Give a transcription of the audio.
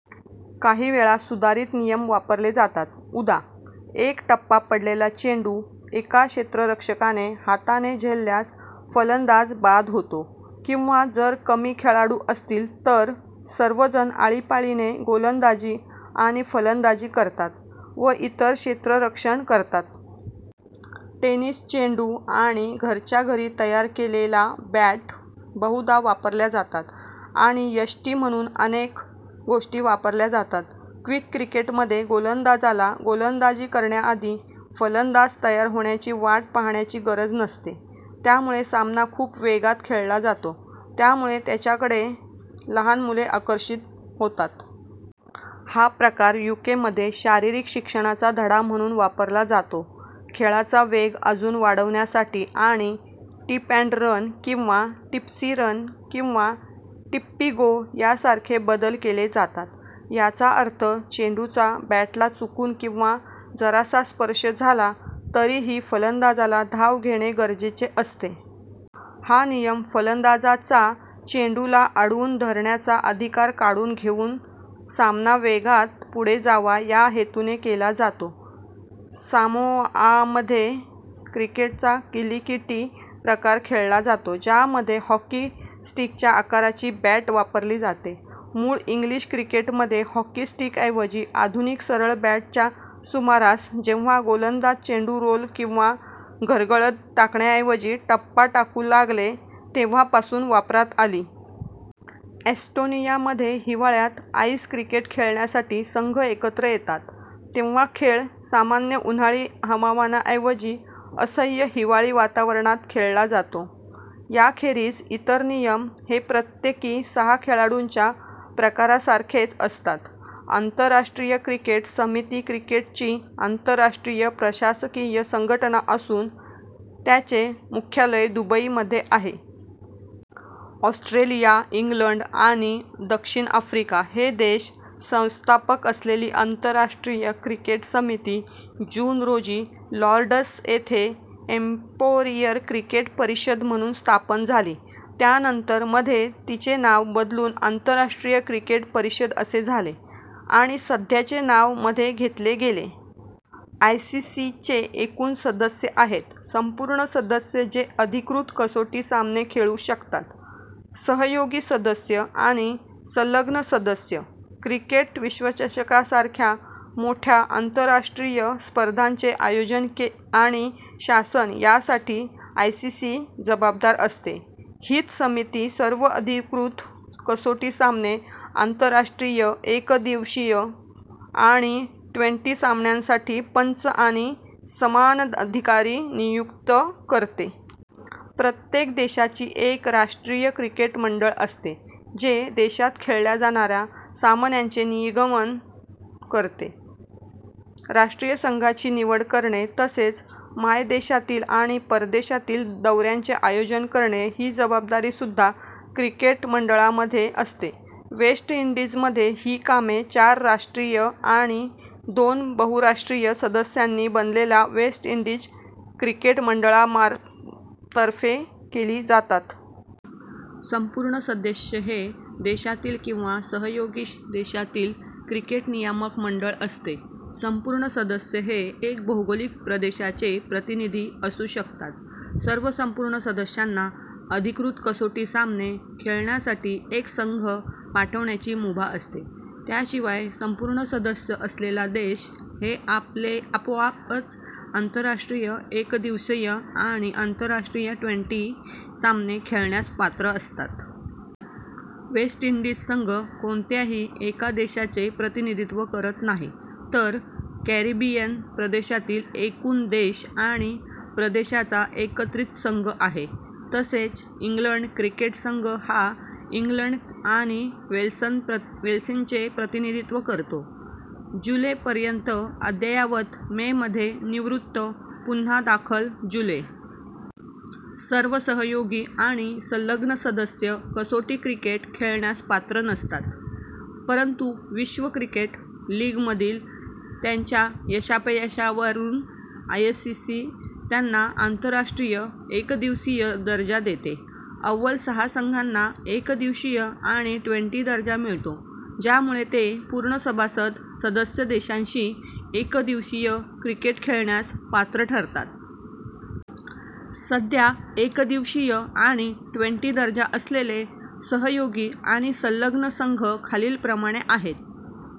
काही वेळा सुधारित नियम वापरले जातात: उदा. एक टप्पा पडलेला चेंडू एका क्षेत्ररक्षकाने हाताने झेलल्यास फलंदाज बाद होतो; किंवा जर कमी खेळाडू असतील तर सर्वजण आळीपाळीने गोलंदाजी आणि फलंदाजी करतात व इतर क्षेत्ररक्षण करतात. टेनिस चेंडू आणि घरच्या घरी तयार केलेल्या बॅट बहुधा वापरल्या जातात, आणि यष्टी म्हणून अनेक गोष्टी वापरल्या जातात. क्विक क्रिकेटमध्ये, गोलंदाजाला गोलंदाजी करण्याआधी फलंदाज तयार होण्याची वाट पाहण्याची गरज नसते, त्यामुळे सामना खूप वेगात खेळला जातो, त्यामुळे त्याकडे लहान मुले आकर्षित होतात. हा प्रकार यूकेमध्ये शारीरिक शिक्षणाचा धडा म्हणून वापरला जातो. खेळाचा वेग अजून वाढविण्यासाठी आणि "टिप अँड रन" किंवा "टिप्सी रन" किंवा "टिप्पी-गो" यासारखे बदल केले जातात. याचा अर्थ चेंडूचा बॅटला चुकून किंवा जरासा स्पर्श झाला तरीही फलंदाजाला धाव घेणे गरजेचे असते. हा नियम, फलंदाजाचा चेंडूला अडवून धरण्याचा अधिकार काढून घेऊन सामना वेगात पुढे जावा या हेतूने केला जातो. सामोआमध्ये क्रिकेटचा किलीकिटी प्रकार खेळला जातो, ज्यामध्ये हॉकी स्टिकच्या आकाराची बॅट वापरली जाते. मूळ इंग्लिश क्रिकेटमध्ये, हॉकी स्टिकऐवजी आधूनिक सरळ बॅट च्या सुमारास जेव्हा गोलंदाज चेंडू रोल किंवा घरंगळत टाकण्याऐवजी टप्पा टाकू लागले तेव्हापासून वापरात आली. एस्टोनियामध्ये हिवाळ्यात आईस क्रिकेट खेळण्यासाठी संघ एकत्र येतात. तेव्हा खेळ सामान्य उन्हाळी हवामानाऐवजी असह्य हिवाळी वातावरणात खेळला जातो. याखेरीज इतर नियम हे प्रत्येकी-सहा-खेळाडूंच्या प्रकारासारखेच असतात. आंतरराष्ट्रीय क्रिकेट समिती क्रिकेटची आंतरराष्ट्रीय प्रशासकीय संघटना असून, त्याचे मुख्यालय दुबई मध्ये आहे. ऑस्ट्रेलिया, इंग्लंड आणि दक्षिण आफ्रिका हे देश संस्थापक असलेली आंतरराष्ट्रीय क्रिकेट समिती जून रोजी लॉर्ड्स येथे इंपेरियल क्रिकेट परिषद म्हणून स्थापन झाली, त्यानंतर मध्ये तिचे नाव बदलून आंतरराष्ट्रीय क्रिकेट परिषद असे झाले, आणि सध्याचे नाव मध्ये घेतले गेले. आयसीसीचे एकूण सदस्य आहेत: संपूर्ण सदस्य जे अधिकृत कसोटी सामने खेळू शकतात, सहयोगी सदस्य, आणि संलग्न सदस्य. क्रिकेट विश्वचषकासारख्या मोठ्या आंतरराष्ट्रीय स्पर्धांचे आयोजिन आणि शासन ह्यासाठी आयसीसीस जबाबदार असते. हीच समिती सर्व अधिकृत कसोटी सामने, आंतरराष्ट्रीय एकदिवसीय आणि ट्वेंटी सामन्यांसाठी पंच आणि सामनाधिकारी नियुक्त करते. प्रत्येक देशाची एक राष्ट्रीय क्रिकेट मंडळ असते, जे देशात खेळल्या जाणाऱ्या सामन्यांचे नियमन करते. राष्ट्रीय संघाची निवड करणे तसेच मायदेशातील आणि परदेशातील दौऱ्यांचे आयोजन करणे ही जबाबदारीसुद्धा क्रिकेट मंडळाकडे असते. वेस्ट इंडीजमध्ये ही कामे चार राष्ट्रीय आणि दोन बहुराष्ट्रीय सदस्यांनी बनलेल्या वेस्ट इंडीज क्रिकेट मंडळातर्फे केली जातात. संपूर्ण सदस्य हे देशातील किंवा सहयोगी देशातील क्रिकेट नियामक मंडळ असते. संपूर्ण सदस्य हे एका भौगोलिक प्रदेशाचे प्रतिनिधी असू शकतात. सर्व संपूर्ण सदस्यांना अधिकृत कसोटी सामने खेळण्यासाठी एक संघ पाठवण्याची मुभा असते. त्याशिवाय, संपूर्ण सदस्य असलेल्या देश हे आपोआपच आंतरराष्ट्रीय एकदिवसीय आणि आंतरराष्ट्रीय ट्वेंटी सामने खेळण्यास पात्र असतात. वेस्ट इंडीज संघ कोणत्याही एका देशाचे प्रतिनिधित्व करत नाही तर कॅरिबियन प्रदेशातील एकूण देश आणि प्रदेशांचा एकत्रित संघ आहे. तसेच इंग्लंड क्रिकेट संघ हा इंग्लंड आणि वेल्सचे प्रतिनिधित्व करतो. जुलै पर्यंत अद्ययावत मे मध्ये निवृत्त, पुन्हा दाखल जुलै. सर्व सहयोगी आणि संलग्न सदस्य कसोटी क्रिकेट खेळण्यास पात्र नासतात, परंतु विश्व क्रिकेट लीगमधील त्यांच्या यशापयशावरून आयसीसी त्यांना आंतरराष्ट्रीय एकदिवसीय दर्जा देते. अव्वल सहा संघांना एकदिवसीय आणि ट्वेंटी दर्जा मिळतो, ज्यामुळे ते पूर्ण सभासद सदस्य देशांशी एकदिवसीय क्रिकेट खेळण्यासाठी पात्र ठरतात. सध्या एकदिवसीय आणि ट्वेंटी दर्जा असलेले सहयोगी आणि संलग्न संघ खालीलप्रमाणे आहेत.